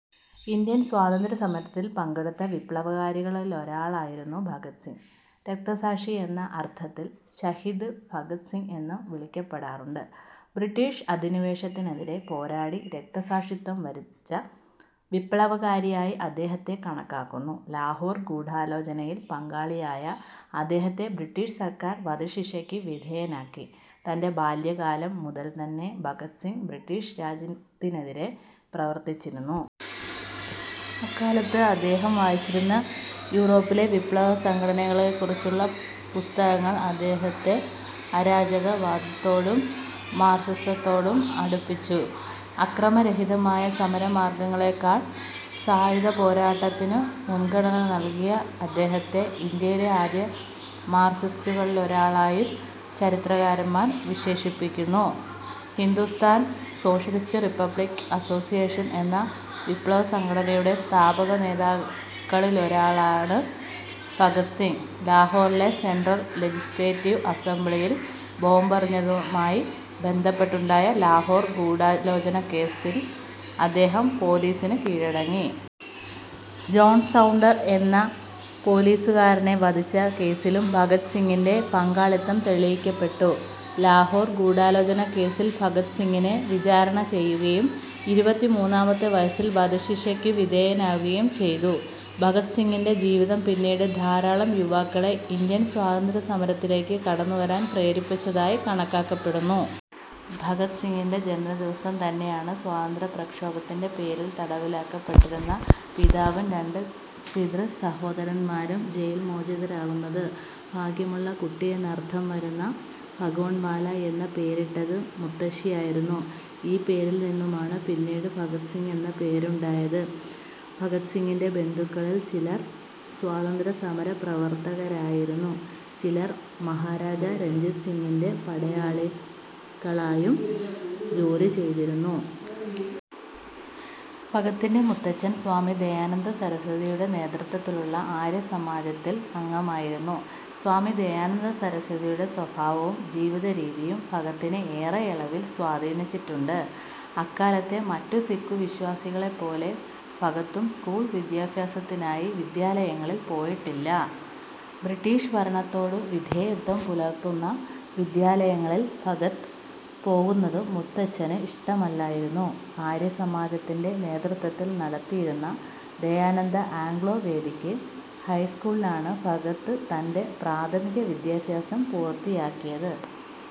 Indian സ്വാതന്ത്ര്യ സമരത്തിൽ പങ്കെടുത്ത വിപ്ലവകാരികളിലൊരാളായിരുന്നു ഭഗത് സിംഗ്. രക്തസാക്ഷി എന്ന അർത്ഥത്തിൽ ശഹീദ് ഭഗത് സിങ് എന്നും വിളിക്കപ്പെടാറുണ്ട്. ബ്രിട്ടീഷ് അധിനിവേശത്തിനെതിരെ പോരാടി രക്തസാക്ഷിത്വം വരിച്ച വിപ്ലവകാരിയായി അദ്ദേഹത്തെ കണക്കാക്കുന്നു. ലാഹോർ ഗൂഢാലോചനയിൽ പങ്കാളിയായ അദ്ദേഹത്തെ ബ്രിട്ടീഷ് സർക്കാർ വധശിക്ഷക്ക് വിധേയനാക്കി. തന്റെ ബാല്യകാലം മുതൽതന്നെ ഭഗത് സിംഗ്, ബ്രിട്ടീഷ് രാജ്യത്തിനെതിരെ പ്രവർത്തിച്ചിരുന്നു. അക്കാലത്ത് അദ്ദേഹം വായിച്ചിരുന്ന യൂറോപിലെ വിപ്ലവ സംഘടനകളെക്കുറിച്ചുള്ള പുസ്തകങ്ങൾ അദ്ദേഹത്തെ അരാജകവാദത്തോടും മാർക്സിസത്തോടും അടുപ്പിച്ചു. അക്രമരഹിതമായ സമരമാർഗങ്ങളേക്കാൾ സായുധപോരാട്ടത്തിനു മുൻഗണന നൽകിയ അദ്ദേഹത്തെ ഇന്ത്യയിലെ ആദ്യ മാർക്സിസ്റ്റുകളിലൊരാളായും ചരിത്രകാരന്മാർ വിശേഷിപ്പിക്കുന്നു. ഹിന്ദുസ്ഥാൻ സോഷ്യലിസ്റ്റ് റിപ്പബ്ലിക്ക്‌ അസ്സോസ്സിയേഷൻ എന്ന വിപ്ലവസംഘടനയുടെ സ്ഥാപകനേതാക്കളിലൊരാളാണ് ഭഗത് സിംഗ്. ലാഹോറിലെ സെൻട്രൽ ലെജിസ്ലേറ്റീവ് അസംബ്ലിയിൽ ബോംബെറിഞ്ഞതുമായി ബന്ധപ്പെട്ടുണ്ടായ ലാഹോർ ഗൂഢാലോചനക്കേസിൽ അദ്ദേഹം പോലീസിനു കീഴടങ്ങി. ജോൺ സൗണ്ടർ എന്ന പോലീസുകാരനെ വധിച്ച കേസിലും ഭഗത് സിംഗിന്റെ പങ്കാളിത്തം തെളിയിക്കപ്പെട്ടു. ലാഹോർ ഗൂഢാലോചനാ കേസ്സിൽ ഭഗത് സിംഗിനെ വിചാരണ ചെയ്യുകയും ഇരുപത്തിമൂന്നാമത്തെ വയസ്സിൽ വധശിക്ഷക്കു വിധേയനാകുകയും ചെയ്തു. ഭഗത് സിംഗിന്റെ ജീവിതം പിന്നീട് ധാരാളം യുവാക്കളെ ഇന്ത്യൻ സ്വാതന്ത്ര്യസമരത്തിലേക്ക് കടന്നുവരാൻ പ്രേരിപ്പിച്ചതായി കണക്കാക്കപ്പെടുന്നു. ഭഗത് സിംഗിന്റെ ജനനദിവസം തന്നെയാണ് സ്വാതന്ത്ര്യപ്രക്ഷോഭത്തിന്റെ പേരിൽ തടവിലാക്കപ്പെട്ടിരുന്ന പിതാവും രണ്ട് പിതൃസഹോദരന്മാരും ജയിൽമോചിതരാവുന്നത്. ഭാഗ്യമുള്ള കുട്ടി എന്നർത്ഥം വരുന്ന ഭഗോൺവാല എന്ന പേരിട്ടത് മുത്തശ്ശിയായിരുന്നു. ഈ പേരിൽ നിന്നുമാണ് പിന്നീട് ഭഗത് സിംഗ് എന്ന പേരുണ്ടായത്. ഭഗത് സിംഗിന്റെ ബന്ധുക്കളിൽ ചിലർ സ്വാതന്ത്ര്യസമരപ്രവർത്തകരായിരുന്നു, ചിലർ മഹാരാജാ രഞ്ജിത് സിങ്ങിന്റെ പടയാളികളായും ജോലി ചെയ്തിരുന്നു. ഭഗത്തിന്റെ മുത്തച്ഛൻ, സ്വാമി ദയാനന്ദസരസ്വതിയുടെ നേതൃത്വത്തിലുള്ള ആര്യസമാജത്തിൽ അംഗമായിരുന്നു. സ്വാമി ദയാനന്ദസരസ്വതിയുടെ സ്വഭാവവും ജീവിതരീതിയും ഭഗത്തിനെ ഏറെയളവിൽ സ്വാധീനിച്ചിട്ടുണ്ട്. അക്കാലത്തെ മറ്റു സിഖു വിശ്വാസികളെപ്പോലെ ഭഗത്തും സ്കൂൾ വിദ്യാഭ്യാസത്തിനായി വിദ്യാലയങ്ങളിൽ പോയിട്ടില്ല. ബ്രിട്ടീഷ് ഭരണത്തോടു വിധേയത്വം പുലർത്തുന്ന വിദ്യാലയങ്ങളിൽ ഭഗത് പോകുന്നത് മുത്തച്ഛന് ഇഷ്ടമല്ലായിരുന്നു. ആര്യസമാജത്തിന്റെ നേതൃത്വത്തിൽ നടത്തിയിരുന്ന ദയാനന്ദ ആംഗ്ലോ വേദിക്ക് ഹൈസ്കൂളിലാണ് ഭഗത് തന്റെ പ്രാഥമിക വിദ്യാഭ്യാസം പൂർത്തിയാക്കിയത്.